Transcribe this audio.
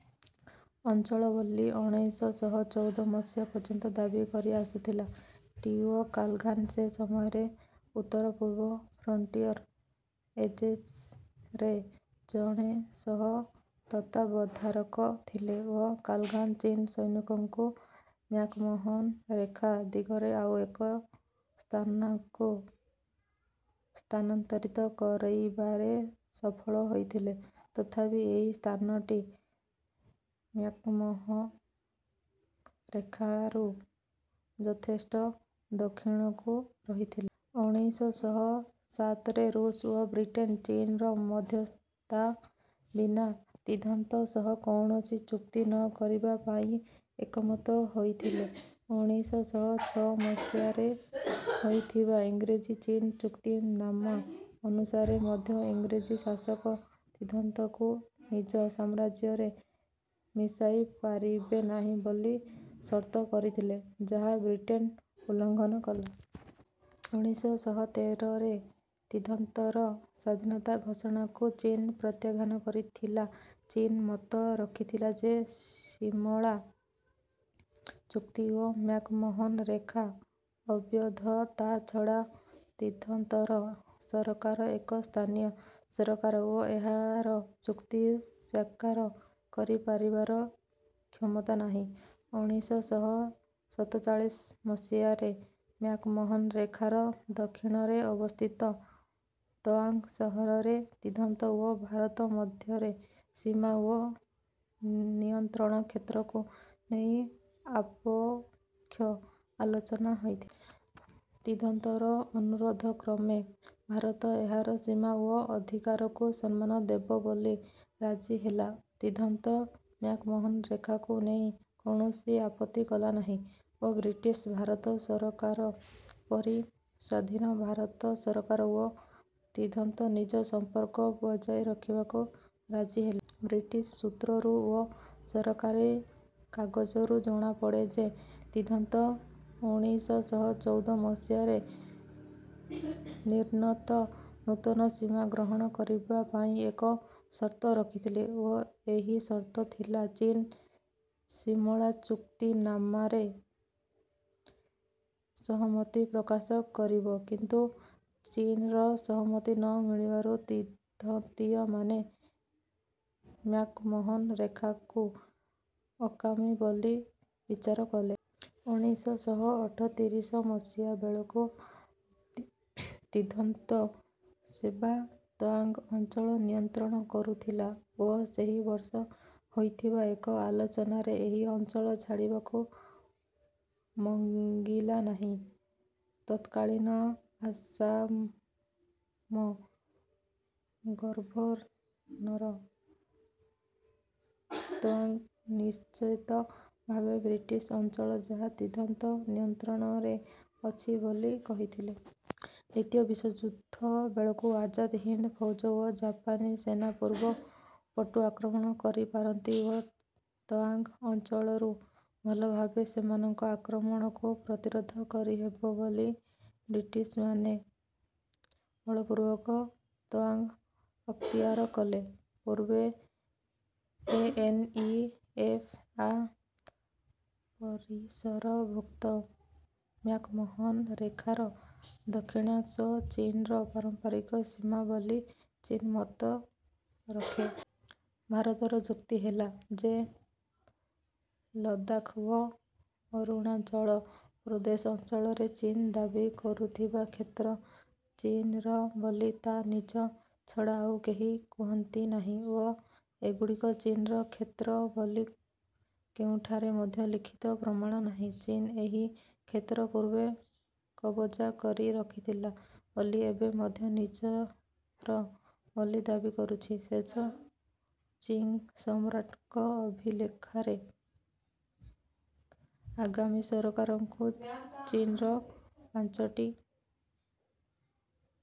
ଅଞ୍ଚଳ ବୋଲି ଉଣେଇଶ ଶହ ଚଉଦ ମସିହା ପର୍ଯ୍ୟନ୍ତ ଦାବି କରି ଆସୁଥିଲା। ଟି. ଓ କାଲାଘାନ୍ ସେ ସମୟରେ ଉତ୍ତର-ପୂର୍ବ ଫ୍ରଣ୍ଟିୟର୍ ଏଜେନ୍ସିରେ ଜଣେ ସହ-ତତ୍ତ୍ୱାବଧାରକ ଥିଲେ। ଓ କାଲାଘାନ୍ ଚୀନ୍ ସୈନିକଙ୍କୁ ମ୍ୟାକ୍-ମୋହନ ରେଖା ଦିଗରେ ଆଉ ଏକ ସ୍ଥାନକୁ ସ୍ଥାନାନ୍ତରିତ କରାଇବାରେ ସଫଳ ହୋଇଥିଲେ ତଥାପି ଏହି ସ୍ଥାନଟି ମ୍ୟାକ୍ମୋ ହନ ରେଖାରୁ ଯଥେଷ୍ଟ ଦକ୍ଷିଣକୁ ରହିଥିଲା। ଉଣେଇଶ ଶହ ସାତରେ ଋଷ୍ ଓ ବ୍ରିଟେନ୍ ଚୀନ୍‌ର ମଧ୍ୟସ୍ଥତା ବିନା ତିବ୍ଦତ ସହ କୌଣସି ଚୁକ୍ତି ନ କରିବା ପାଇଁ ଏକମତ ହୋଇଥିଲେ। ଉଣେଇଶ ଶହ ଛଅ ମସିହାରେ ହୋଇଥିବା ଇଂରାଜୀ-ଚୀନୀ ଚୁକ୍ତିନାମା ଅନୁସାରେ ମଧ୍ୟ ଇଂରେଜୀ ଶାସକ ତିବ୍ଦତକୁ ନିଜ ସାମ୍ରାଜ୍ୟରେ ମିଶାଇ ପାରିବେ ନାହିଁ ବୋଲି ସର୍ତ୍ତ କରିଥିଲେ ଯାହା ବ୍ରିଟେନ୍ ଉଲ୍ଲଂଘନ କଲା। ଉଣେଇଶ ଶହ ତେରରେ ତିବ୍ଦତର ସ୍ୱାଧୀନତା ଘୋଷଣାକୁ ଚୀନ୍ ପ୍ରତ୍ୟାଖ୍ୟାନ କରିଥିଲା। ଚୀନ୍ ମତ ରଖିଲା ଯେ ସିମଳା ଚୁକ୍ତି ଓ ମ୍ୟାକ୍-ମୋହନ ରେଖା ଅବୈଧ, ତା’ଛଡ଼ା ତିବ୍ଦତର ସରକାର ଏକ ସ୍ଥାନୀୟ ସରକାର ଓ ଏହାର ଚୁକ୍ତି ସ୍ୱାକ୍ଷର କରିପାରିବାର କ୍ଷମତା ନାହିଁ। ଉଣେଇଶ ଶହ ସତଚାଳିଶ ମସିହାରେ ମ୍ୟାକ୍-ମୋହନ ରେଖାର ଦକ୍ଷିଣରେ ଅବସ୍ଥିତ ତୱାଙ୍ଗ୍ ସହରରେ ତିବ୍ଦତ ଓ ଭାରତ ମଧ୍ୟରେ ସୀମା ଓ ନିୟନ୍ତ୍ରଣ କ୍ଷେତ୍ରକୁ ନେଇ ଆପୋଷ ଆଲୋଚନା ହୋଇଥିଲା। ତିବ୍ଦତର ଅନୁରୋଧ କ୍ରମେ ଭାରତ ଏହାର ସୀମା ଓ ଅଧିକାରକୁ ସମ୍ମାନ ଦେବ ବୋଲି ରାଜି ହେଲା, ତିବ୍ଦତ ମ୍ୟାକ୍-ମୋହନ ରେଖାକୁ ନେଇ କୌଣସି ଆପତ୍ତି କଲା ନାହିଁ ଓ ବ୍ରିଟିଶ୍-ଭାରତ ସରକାର ପରି ସ୍ୱାଧୀନ ଭାରତ ସରକାର ଓ ତିବ୍ଦତ ନିଜ ସମ୍ପର୍କ ବଜାୟ ରଖିବାକୁ ରାଜି ହେଲେ। ବ୍ରିଟିଶ୍ ସୂତ୍ରରୁ ଓ ସରକାରୀ କାଗଜରୁ ଜଣାପଡ଼େ ଯେ ତିବ୍ଦତ ଉଣେଇଶ ଶହ ଚଉଦ ମସିହାରେ ନିର୍ଣ୍ଣୀତ ନୂତନ ସୀମା ଗ୍ରହଣ କରିବା ପାଇଁ ଏକ ସର୍ତ୍ତ ରଖିଥିଲେ ଓ ଏହି ସର୍ତ୍ତ ହେଲା ଚୀନ୍ ସିମଳା ଚୁକ୍ତିନାମାରେ ସହମତି ପ୍ରକାଶ କରିବ। କିନ୍ତୁ ଚୀନ୍‌ର ସହମତି ନ ମିଳିବାରୁ ତିବ୍ଦତୀୟମାନେ ମ୍ୟାକ୍-ମୋହନ ରେଖାକୁ ଅକାମୀ ବୋଲି ବିଚାର କଲେ। ଉଣେଇଶ ଶହ ଅଠତିରିଶ ମସିହା ବେଳକୁ ତିଧନ୍ତ ସେବା ତୱାଙ୍ଗ୍ ଅଞ୍ଚଳ ନିୟନ୍ତ୍ରଣ କରୁଥିଲା ଓ ସେହି ବର୍ଷ ହୋଇଥିବା ଏକ ଆଲୋଚନାରେ ଏହି ଅଞ୍ଚଳ ଛାଡ଼ିବାକୁ ମଙ୍ଗିଲା ନାହିଁ। ତତ୍କାଳୀନ ଆସାମ ଗର୍ଭରନର୍ ତଙ୍ଗ୍ ନିଶ୍ଚିତ ଭାବେ ବ୍ରିଟିଶ୍ ଅଞ୍ଚଳ ଯାହା ତିବ୍ଦନ୍ତ ନିୟନ୍ତ୍ରଣରେ ଅଛି ବୋଲି କହିଥିଲେ। ଦ୍ୱିତୀୟ ବିଶ୍ୱଯୁଦ୍ଧ ବେଳକୁ ଆଜାଦ୍ ହିନ୍ଦ୍ ଫୌଜ ଓ ଜାପାନୀ ସେନା ପୂର୍ବ ପଟୁ ଆକ୍ରମଣ କରିପାରନ୍ତି ଓ ତୱାଙ୍ଗ୍ ଅଞ୍ଚଳରୁ ଭଲ ଭାବେ ସେମାନଙ୍କ ଆକ୍ରମଣକୁ ପ୍ରତିରୋଧ କରିହେବ ବୋଲି ବ୍ରିଟିଶ୍‌ମାନେ ବଳପୂର୍ବକ ତୱାଙ୍ଗ୍ ଅକ୍ତିଆର କଲେ। ପୂର୍ବେ ଏନ ଇ ଏଫ୍ ଆ ପରିସରଭୁକ୍ତ ମ୍ୟାକ୍-ମୋହନ ରେଖାର ଦକ୍ଷିଣାଂଶ ଚୀନ୍‌ର ପାରମ୍ପରିକ ସୀମା ବୋଲି ଚୀନ୍ ମତ ରଖେ। ଭାରତର ଯୁକ୍ତି ହେଲା ଯେ ଲଦାଖ୍ ଓ ଅରୁଣାଚଳ ପ୍ରଦେଶ ଅଞ୍ଚଳରେ ଚୀନ୍ ଦାବି କରୁଥିବା କ୍ଷେତ୍ର ଚୀନ୍‌ର ବୋଲି ତା ନିଜ ଛଡ଼ା ଆଉ କେହି କୁହନ୍ତି ନାହିଁ ଓ ଏଗୁଡ଼ିକ ଚୀନ୍‌ର କ୍ଷେତ୍ର ବୋଲି କେଉଁଠାରେ ମଧ୍ୟ ଲିଖିତ ପ୍ରମାଣ ନାହିଁ। ଚୀନ୍ ଏହି କ୍ଷେତ୍ର ପୂର୍ବେ କବ୍‌ଜା କରି ରଖିଥିଲା ବୋଲି ଏବେ ମଧ୍ୟ ନିଜର ବୋଲି ଦାବି କରୁଛି। ଶେଷ ଚିଙ୍ଗ୍ ସମ୍ରାଟଙ୍କ ଅଭିଲେଖରେ ଆଗାମୀ ସରକାରଙ୍କୁ ଚୀନ୍‌ର ପାଞ୍ଚୋଟି